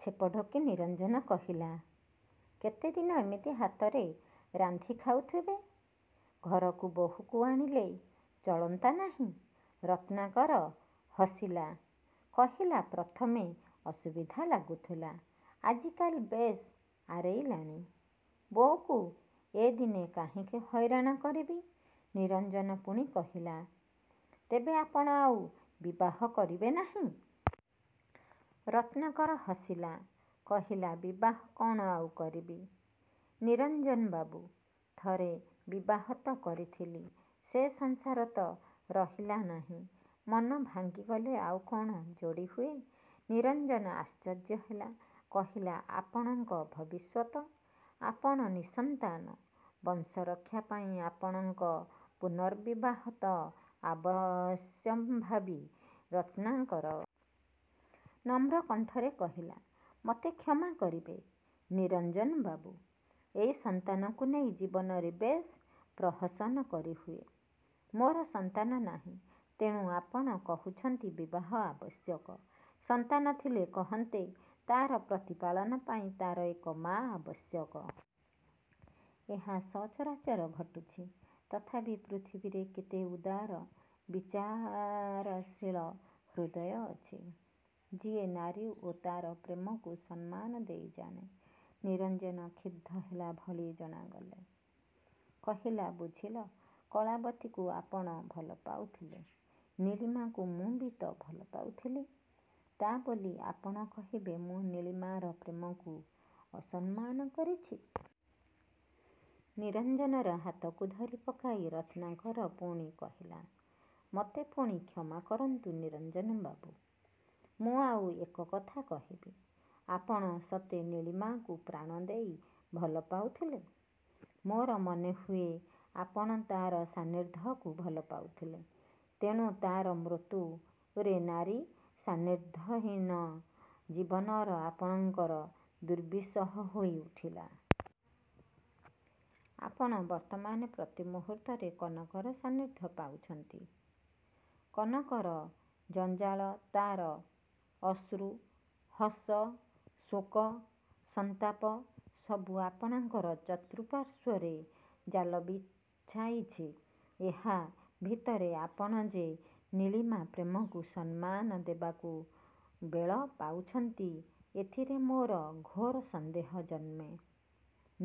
ଛେପ ଢୋକି ନିରଞ୍ଜନ କହିଲା, "କେତେଦିନ ଏମିତି ହାତରେ ରାନ୍ଧି ଖାଉଥିବେ? ଘରକୁ ବୋଉକୁ ଆଣିଲେ ଚଳନ୍ତା ନାହିଁ?" ରତ୍ନାକର ହସିଲା, କହିଲା, "ପ୍ରଥମେ ଅସୁବିଧା ଲାଗୁଥିଲା, ଆଜିକାଲି ବେଶ୍ ଆରେଇଲାଣି। ବୋଉକୁ ଏଦିନେ କାହିଁକି ହଇରାଣ କରିବି?" ନିରଞ୍ଜନ ପୁଣି କହିଲା, "ତେବେ ଆପଣ ଆଉ ବିବାହ କରିବେ ନାହିଁ?" ରତ୍ନାକର ହସିଲା, କହିଲା, "ବିବାହ କ'ଣ ଆଉ କରିବି ନିରଞ୍ଜନବାବୁ? ଥରେ ବିବାହ ତ କରିଥିଲି, ସେ ସଂସାର ତ ରହିଲା ନାହିଁ! ମନ ଭାଙ୍ଗିଗଲେ ଆଉ କଣ ଯୋଡ଼ି ହୁଏ!" ନିରଞ୍ଜନ ଆଶ୍ଚର୍ଯ୍ୟ ହେଲା, କହିଲା, "ଆପଣଙ୍କ ଭବିଷ୍ୟତ? ଆପଣ ନିଃସନ୍ତାନ। ବଂଶରକ୍ଷା ପାଇଁ ଆପଣଙ୍କ ପୁନର୍ବିବାହ ତ ଅବଶ୍ୟମ୍ଭାବୀ।"ରତ୍ନାକର ନମ୍ର କଣ୍ଠରେ କହିଲା, "ମତେ କ୍ଷମା କରିବେ ନିରଞ୍ଜନବାବୁ! ଏଇ ସନ୍ତାନକୁ ନେଇ ଜୀବନରେ ବେଶ୍ ପ୍ରହସନ କରି ହୁଏ। ମୋର ସନ୍ତାନ ନାହିଁ, ତେଣୁ ଆପଣ କହୁଚନ୍ତି, ବିବାହ ଆବଶ୍ୟକ। ସନ୍ତାନ ଥିଲେ କହନ୍ତେ, ତାର ପ୍ରତିପାଳନ ପାଇଁ ତାର ଏକ ମାଆ ଆବଶ୍ୟକ। ଏହା ସଚରାଚର ଘଟୁଚି। ତଥାପି ପୃଥିବୀରେ କେତେ ଉଦାର, ବିଚାରଶୀଳ ହୃଦୟ ଅଛି, ଯିଏ ନାରୀ ଓ ତାର ପ୍ରେମକୁ ସମ୍ମାନ ଦେଇ ଜାଣେ!" ନିରଞ୍ଜନ କ୍ଷୁବ୍ଧ ହେଲା ଭଳି ଜଣାଗଲା। କହିଲା, "ବୁଝିଲ, କଳାବତୀକୁ ଆପଣ ଭଲପାଉଥିଲେ! ନୀଳିମାକୁ ମୁଁ ବି ତ ଭଲପାଉଥିଲି, ତା' ବୋଲି ଆପଣ କହିବେ, ମୁଁ ନୀଳିମାର ପ୍ରେମକୁ ଅସମ୍ମାନ କରିଚି?" ନିରଞ୍ଜନର ହାତକୁ ଧରି ପକାଇ ରତ୍ନାକର ପୁଣି କହିଲା, "ମୋତେ ପୁଣି କ୍ଷମା କରନ୍ତୁ ନିରଞ୍ଜନବାବୁ। ମୁଁ ଆଉ ଏକ କଥା କହିବି। ଆପଣ ସତେ ନୀଳିମାକୁ ପ୍ରାଣ ଦେଇ ଭଲପାଉଥିଲେ? ମୋର ମନେହୁଏ ଆପଣ ତାର ସାନ୍ନିଧ୍ୟକୁ ଭଲପାଉଥିଲେ। ତେଣୁ ତାର ମୃତ୍ୟୁରେ ନାରୀ ସାନ୍ନିଧ୍ୟହୀନ ଜୀବନର ଆପଣଙ୍କର ଦୁର୍ବିସହ ହୋଇ ଉଠିଲା। ଆପଣ ବର୍ତ୍ତମାନ ପ୍ରତି ମୁହୂର୍ତ୍ତରେ କନକର ସାନ୍ନିଧ୍ୟ ପାଉଚନ୍ତି। କନକର ଜଞ୍ଜାଳ, ତାର ଅଶ୍ରୁ, ହସ, ଶୋକ, ସନ୍ତାପ ସବୁ ଆପଣଙ୍କର ଚତୁଃପାର୍ଶ୍ୱରେ ଜାଲ ବିଛାଇଛି। ଏହା ଭିତରେ ଆପଣ ଯେ ନୀଳିମା ପ୍ରେମକୁ ସମ୍ମାନ ଦେବାକୁ ବେଳ ପାଉଚନ୍ତି ଏଥିରେ ମୋର ଘୋର ସନ୍ଦେହ ଜନ୍ମେ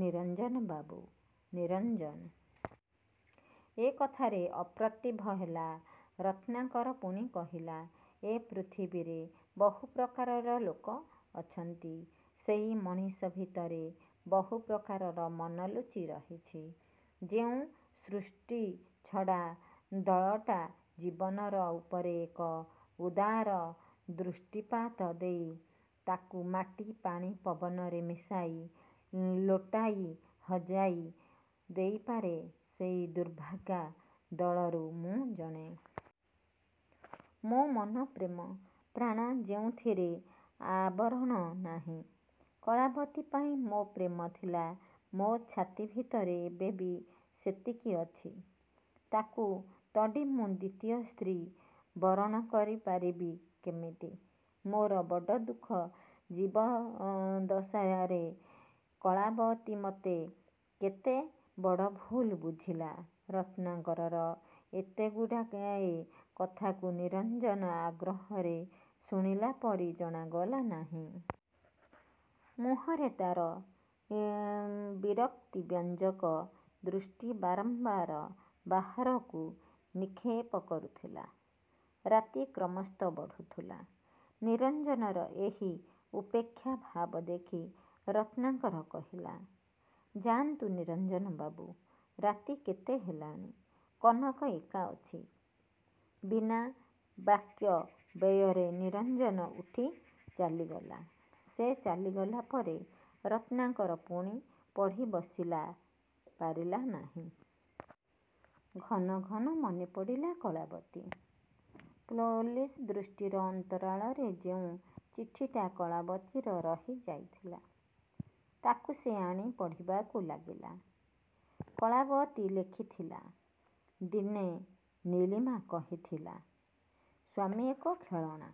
ନିରଞ୍ଜନବାବୁ।"ନିରଞ୍ଜନ ଏ କଥାରେ ଅପ୍ରତିଭ ହେଲା। ରତ୍ନାକର ପୁଣି କହିଲା, "ଏ ପୃଥିବୀରେ ବହୁ ପ୍ରକାରର ଲୋକ ଅଛନ୍ତି। ସେଇ ମଣିଷ ଭିତରେ ବହୁ ପ୍ରକାରର ମନ ଲୁଚି ରହିଚି। ଯେଉଁ ସୃଷ୍ଟିଛଡ଼ା ଦଳଟା ଜୀବନ ଉପରେ ଏକ ଉଦାର ଦୃଷ୍ଟିପାତ ଦେଇ, ତାକୁ ମାଟି ପାଣି ପବନରେ ମିଶାଇ ଲୋଟାଇ ହଜାଇ ଦେଇପାରେ, ସେଇ ଦୁର୍ଭାଗା ଦଳରୁ ମୁଁ ଜଣେ। ମୋ ମନ ପ୍ରେମ ପ୍ରାଣ ଯେଉଁଥିରେ ଆବରଣ ନାହିଁ, କଳାବତୀ ପାଇଁ ମୋ ପ୍ରେମ ଥିଲା, ମୋ ଛାତି ଭିତରେ ଏବେ ବି ସେତିକି ଅଛି। ତାକୁ ତଡ଼ି ମୁଁ ଦ୍ଵିତୀୟ ସ୍ତ୍ରୀ ବରଣ କରିପାରିବି କେମିତି? ମୋର ବଡ଼ ଦୁଃଖ, ଜୀବଦ୍ଦଶାରେ କଳାବତୀ ମତେ କେତେ ବଡ଼ ଭୁଲ୍ ବୁଝିଲା"ରତ୍ନାକରର ଏତେଗୁଡ଼ାଏ କଥାକୁ ନିରଞ୍ଜନ ଆଗ୍ରହରେ ଶୁଣିଲା ପରି ଜଣାଗଲା ନାହିଁ। ମୁହଁରେ ତାର ବିରକ୍ତିବ୍ୟଞ୍ଜକ ଦୃଷ୍ଟି ବାରମ୍ବାର ବାହାରକୁ ନିକ୍ଷେପ କରୁଥିଲା। ରାତି କ୍ରମଶଃ ବଢ଼ୁଥିଲା, ନିରଞ୍ଜନର ଏହି ଉପେକ୍ଷା ଭାବ ଦେଖି ରତ୍ନାକର କହିଲା, "ଯାଆନ୍ତୁ ନିରଞ୍ଜନବାବୁ, ରାତି କେତେ ହେଲାଣି, କନକ ଏକା ଅଛି।"ବିନା ବାକ୍ୟ ବ୍ୟୟରେ ନିରଞ୍ଜନ ଉଠି ଚାଲିଗଲା। ସେ ଚାଲିଗଲା ପରେ ରତ୍ନାକର ପୁଣି ପଢ଼ି ବସିଲା ପାରିଲା ନାହିଁ। ଘନଘନ ମନେପଡ଼ିଲା କଳାବତୀ। ପୋଲିସ ଦୃଷ୍ଟିର ଅନ୍ତରାଳରେ ଯେଉଁ ଚିଠିଟା କଳାବତୀର ରହି ଯାଇଥିଲା, ତାକୁ ସେ ଆଣି ପଢ଼ିବାକୁ ଲାଗିଲା କଳାବତୀ ଲେଖିଥିଲା, "ଦିନେ ନୀଳିମା କହିଥିଲା, ସ୍ଵାମୀ ଏକ ଖେଳଣା,"